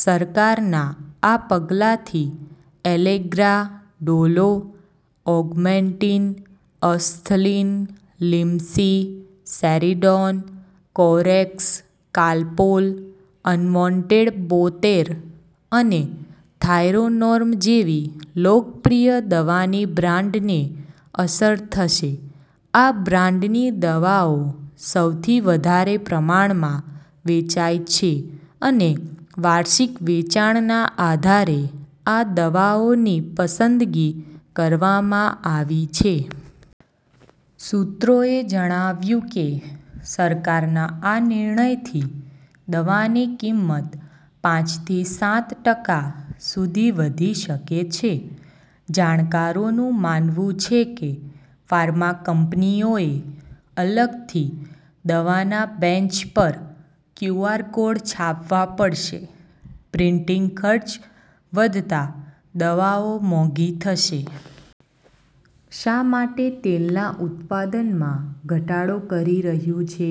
સરકારના આ પગલાથી Allegra, Dolo, Augmentin, Asthalin, Limcee, Saridon, Corex, Calpol, અનવોન્ટેડ-બોતેર અને થાયરોનોર્મ જેવી લોકપ્રિય દવાની બ્રાન્ડને અસર થશે. આ બ્રાન્ડની દવાઓ સૌથી વધારે પ્રમાણમાં વેચાય છે અને વાર્ષિક વેચાણના આધારે આ દવાઓની પસંદગી કરવામાં આવી છે. સૂત્રોએ જણાવ્યું કે, સરકારના આ નિર્ણયથી દવાની કિંમત પાંચ થી સાત ટકા સુધી વધી શકે છે. જાણકારોનું માનવું છે કે, ફાર્મા કંપનીઓએ અલગથી દવાના બેન્ચ પર ક્યુઆર કોડ છાપવા પડશે, પ્રિન્ટિંગ ખર્ચ વધતા દવાઓ મોંઘી થશે. શા માટે તેલના ઉત્પાદનમાં ઘટાડો કરી રહ્યું છે?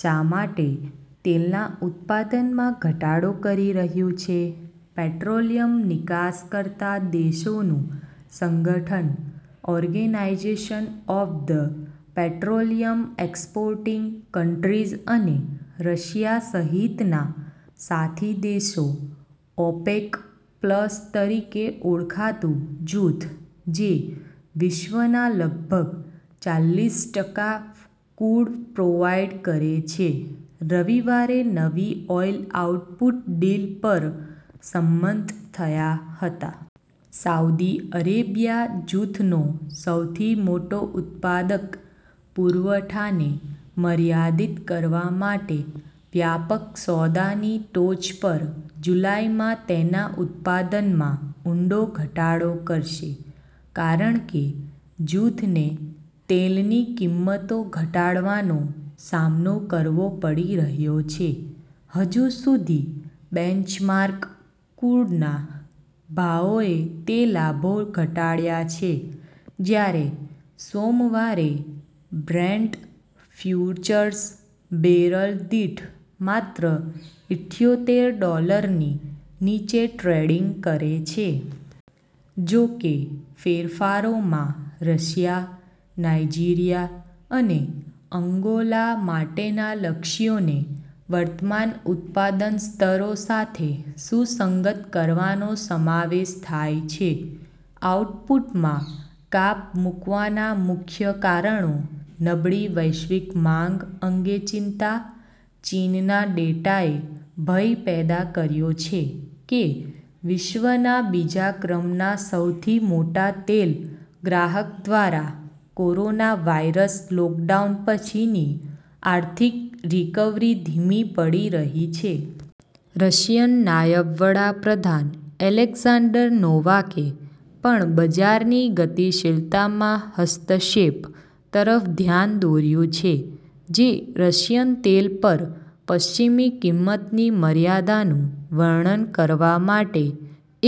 શા માટે તેલના ઉત્પાદનમાં ઘટાડો કરી રહ્યું છે? પેટ્રોલિયમ નિકાસ કરતા દેશોનું સંગઠન Organization of the Petroleum Exporting Countries અને રશિયા સહિતના સાથી દેશો, ઓપેક પ્લસ તરીકે ઓળખાતું જૂથ, જે વિશ્વના લગભગ ચાલીસટકા ક્રૂડ પ્રોવાઈડ કરે છે, રવિવારે નવી ઓઈલ આઉટપુટ ડીલ પર સંમત થયા હતા. સાઉદી અરેબિયા, જૂથનો સૌથી મોટો ઉત્પાદક, પુરવઠાને મર્યાદિત કરવા માટે વ્યાપક સોદાની ટોચ પર જુલાઈમાં તેના ઉત્પાદનમાં ઊંડો ઘટાડો કરશે, કારણ કે જૂથને તેલની કિંમતો ઘટવાનો સામનો કરવો પડી રહ્યો છે. હજુ સુધી બેન્ચમાર્ક ક્રૂડના ભાવોએ તે લાભો ઘટાડ્યા છે, જ્યારે સોમવારે બ્રેન્ટ ફ્યુચર્સ બેરલ દીઠ માત્ર ઇઠ્યોતેર ડોલરની નીચે ટ્રેડિંગ કરે છે. જો કે, ફેરફારોમાં રશિયા, નાઇજીરીયા અને અંગોલા માટેના લક્ષ્યોને વર્તમાન ઉત્પાદન સ્તરો સાથે સુસંગત કરવાનો સમાવેશ થાય છે. આઉટપુટમાં કાપ મૂકવાના મુખ્ય કારણો: નબળી વૈશ્વિક માંગ અંગે ચિંતા: ચીનના ડેટાએ ભય પેદા કર્યો છે કે વિશ્વના બીજા ક્રમના સૌથી મોટા તેલ ગ્રાહક દ્વારા કોરોનાવાયરસ લોકડાઉન પછીની આર્થિક રિકવરી ધીમી પડી રહી છે. રશિયન નાયબ વડા પ્રધાન એલેક્ઝાન્ડર નોવાકે પણ "બજારની ગતિશીલતામાં હસ્તક્ષેપ" તરફ ધ્યાન દોર્યું છે, જે રશિયન તેલ પર પશ્ચિમી કિંમતની મર્યાદાનું વર્ણન કરવા માટે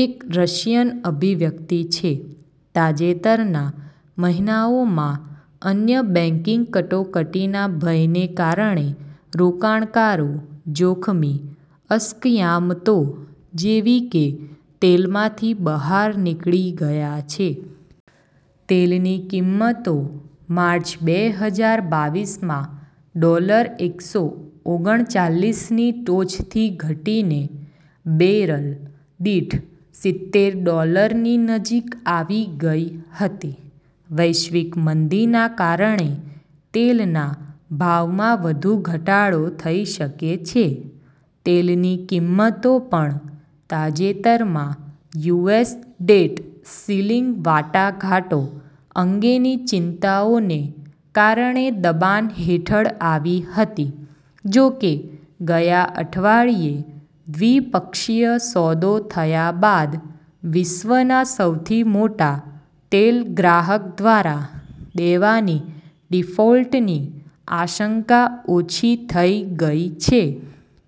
એક રશિયન અભિવ્યક્તિ છે. તાજેતરના મહિનાઓમાં અન્ય બેંકિંગ કટોકટીના ભયને કારણે રોકાણકારો જોખમી અસ્કયામતો જેવી કે તેલમાંથી બહાર નીકળી ગયા છે. તેલની કિંમતો માર્ચ બે હજાર બાવીસમાં ડોલર એકસો ઓગણચાલીસની ટોચથી ઘટીને બેરલ દીઠ સિત્તેરડોલરની નજીક આવી ગઈ હતી. વૈશ્વિક મંદીના કારણે તેલના ભાવમાં વધુ ઘટાડો થઈ શકે છે. તેલની કિંમતો પણ તાજેતરમાં યુએસ ડેટ સીલિંગ વાટાઘાટો અંગેની ચિંતાઓને કારણે દબાણ હેઠળ આવી હતી, જોકે ગયા અઠવાડિયે દ્વિપક્ષીય સોદો થયા બાદ વિશ્વના સૌથી મોટા તેલ ગ્રાહક દ્વારા દેવાની ડિફોલ્ટની આશંકા ઓછી થઈ ગઈ છે.